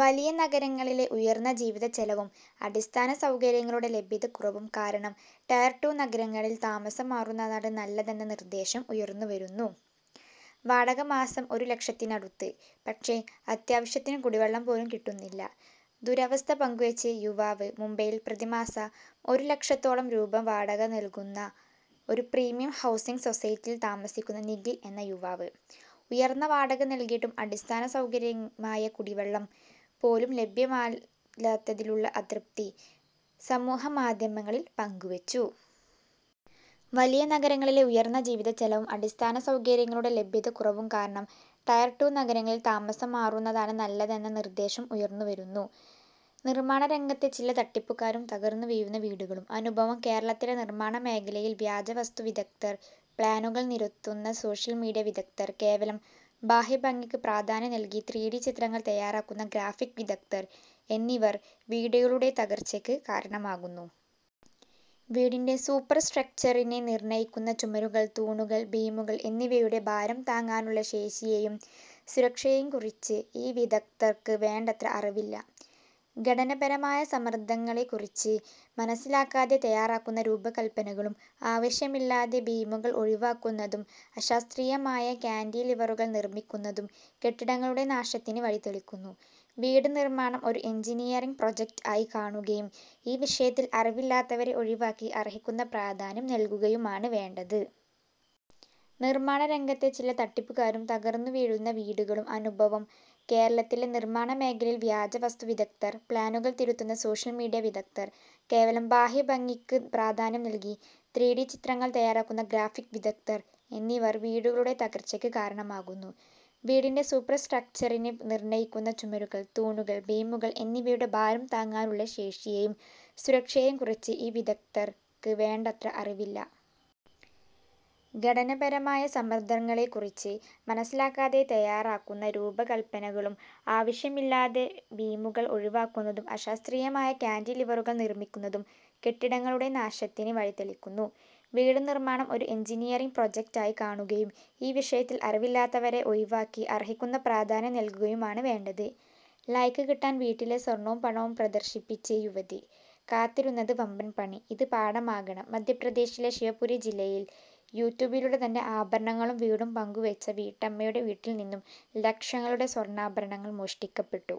വലിയ നഗരങ്ങളിലെ ഉയർന്ന ജീവിതച്ചെലവും അടിസ്ഥാന സൗകര്യങ്ങളുടെ ലഭ്യതക്കുറവും കാരണം ടയർ ടു നഗരങ്ങളിൽ താമസം മാറുന്നതാണ് നല്ലതെന്ന നിർദ്ദേശവും ഉയർന്നു വരുന്നു. വാടക മാസം ഒരുലക്ഷത്തിനടുത്ത്; പക്ഷേ അത്യാവശ്യത്തിന് കുടിവെള്ളം പോലും കിട്ടുന്നില്ല: ദുരവസ്ഥ പങ്കുവച്ച് യുവാവ് മുംബൈയിൽ പ്രതിമാസം ഒരു ലക്ഷത്തോളം രൂപ വാടക നൽകുന്ന ഒരു പ്രീമിയം ഹൗസിങ് സൊസൈറ്റിയിൽ താമസിക്കുന്ന നിഖിൽ എന്ന യുവാവ്, ഉയർന്ന വാടക നൽകിയിട്ടും അടിസ്ഥാന സൗകര്യമായ കുടിവെള്ളം പോലും ലഭ്യമല്ലാത്തതിലുള്ള അതൃപ്തി സമൂഹമാധ്യമങ്ങളിൽ പങ്കുവെച്ചു. വലിയ നഗരങ്ങളിലെ ഉയർന്ന ജീവിതച്ചെലവും അടിസ്ഥാന സൗകര്യങ്ങളുടെ ലഭ്യതക്കുറവും കാരണം ടയർ ടു നഗരങ്ങളിൽ താമസം മാറുന്നതാണ് നല്ലതെന്ന നിർദ്ദേശവും ഉയർന്നു വരുന്നു. നിർമാണരംഗത്തെ ചില തട്ടിപ്പുകാരും തകർന്നുവീഴുന്ന വീടുകളും; അനുഭവം കേരളത്തിലെ നിർമ്മാണമേഖലയിൽ വ്യാജ വാസ്തുവിദഗ്ധർ, പ്ലാനുകൾ തിരുത്തുന്ന സോഷ്യൽ മീഡിയ വിദഗ്ധർ, കേവലം ബാഹ്യഭംഗിക്ക് പ്രാധാന്യം നൽകി ത്രീഡി ചിത്രങ്ങൾ തയ്യാറാക്കുന്ന ഗ്രാഫിക് വിദഗ്ധർ എന്നിവർ വീടുകളുടെ തകർച്ചയ്ക്ക് കാരണമാകുന്നു. വീടിന്റെ സൂപ്പർ സ്ട്രക്ച്ചറിനെ നിർണ്ണയിക്കുന്ന ചുമരുകൾ, തൂണുകൾ, ബീമുകൾ എന്നിവയുടെ ഭാരം താങ്ങാനുള്ള ശേഷിയെയും സുരക്ഷയെയും കുറിച്ച് ഈ വിദഗ്ധർക്ക് വേണ്ടത്ര അറിവില്ല. ഘടനാപരമായ സമ്മർദ്ദങ്ങളെക്കുറിച്ച് മനസ്സിലാക്കാതെ തയ്യാറാക്കുന്ന രൂപകൽപ്പനകളും, ആവശ്യമില്ലാതെ ബീമുകൾ ഒഴിവാക്കുന്നതും, അശാസ്ത്രീയമായ കാന്റിലിവറുകൾ നിർമ്മിക്കുന്നതും കെട്ടിടങ്ങളുടെ നാശത്തിന് വഴിതെളിക്കുന്നു. വീട് നിർമ്മാണം ഒരു എഞ്ചിനീയറിംഗ് പ്രോജക്റ്റ് ആയി കാണുകയും, ഈ വിഷയത്തിൽ അറിവില്ലാത്തവരെ ഒഴിവാക്കി, അർഹിക്കുന്ന പ്രാധാന്യം നൽകുകയുമാണ് വേണ്ടത്. നിർമാണരംഗത്തെ ചില തട്ടിപ്പുകാരും തകർന്നുവീഴുന്ന വീടുകളും; അനുഭവം കേരളത്തിലെ നിർമ്മാണമേഖലയിൽ വ്യാജ വാസ്തുവിദഗ്ധർ, പ്ലാനുകൾ തിരുത്തുന്ന സോഷ്യൽ മീഡിയ വിദഗ്ധർ, കേവലം ബാഹ്യഭംഗിക്ക് പ്രാധാന്യം നൽകി ത്രീഡി ചിത്രങ്ങൾ തയ്യാറാക്കുന്ന ഗ്രാഫിക് വിദഗ്ധർ എന്നിവർ വീടുകളുടെ തകർച്ചയ്ക്ക് കാരണമാകുന്നു. വീടിന്റെ സൂപ്പർ സ്ട്രക്ച്ചറിനെ നിർണ്ണയിക്കുന്ന ചുമരുകൾ, തൂണുകൾ, ബീമുകൾ എന്നിവയുടെ ഭാരം താങ്ങാനുള്ള ശേഷിയെയും സുരക്ഷയെയും കുറിച്ച് ഈ വിദഗ്ധർക്ക് വേണ്ടത്ര അറിവില്ല. ഘടനാപരമായ സമ്മർദ്ദങ്ങളെക്കുറിച്ച് മനസ്സിലാക്കാതെ തയ്യാറാക്കുന്ന രൂപകൽപ്പനകളും, ആവശ്യമില്ലാതെ ബീമുകൾ ഒഴിവാക്കുന്നതും, അശാസ്ത്രീയമായ കാന്റിലിവറുകൾ നിർമ്മിക്കുന്നതും കെട്ടിടങ്ങളുടെ നാശത്തിന് വഴിതെളിക്കുന്നു. വീട് നിർമ്മാണം ഒരു എഞ്ചിനീയറിംഗ് പ്രോജക്റ്റ് ആയി കാണുകയും, ഈ വിഷയത്തിൽ അറിവില്ലാത്തവരെ ഒഴിവാക്കി, അർഹിക്കുന്ന പ്രാധാന്യം നൽകുകയുമാണ് വേണ്ടത്. ലൈക്ക് കിട്ടാൻ വീട്ടിലെ സ്വർണവും പണവും പ്രദർശിപ്പിച്ച് യുവതി: കാത്തിരുന്നത് വമ്പൻ 'പണി'; ഇത് പാഠമാകണം മധ്യപ്രദേശിലെ ശിവപുരി ജില്ലയിൽ, യൂട്യൂബിലൂടെ തൻ്റെ ആഭരണങ്ങളും വീടും പങ്കുവെച്ച വീട്ടമ്മയുടെ വീട്ടിൽ നിന്നും ലക്ഷങ്ങളുടെ സ്വർണ്ണാഭരണങ്ങൾ മോഷ്ടിക്കപ്പെട്ടു.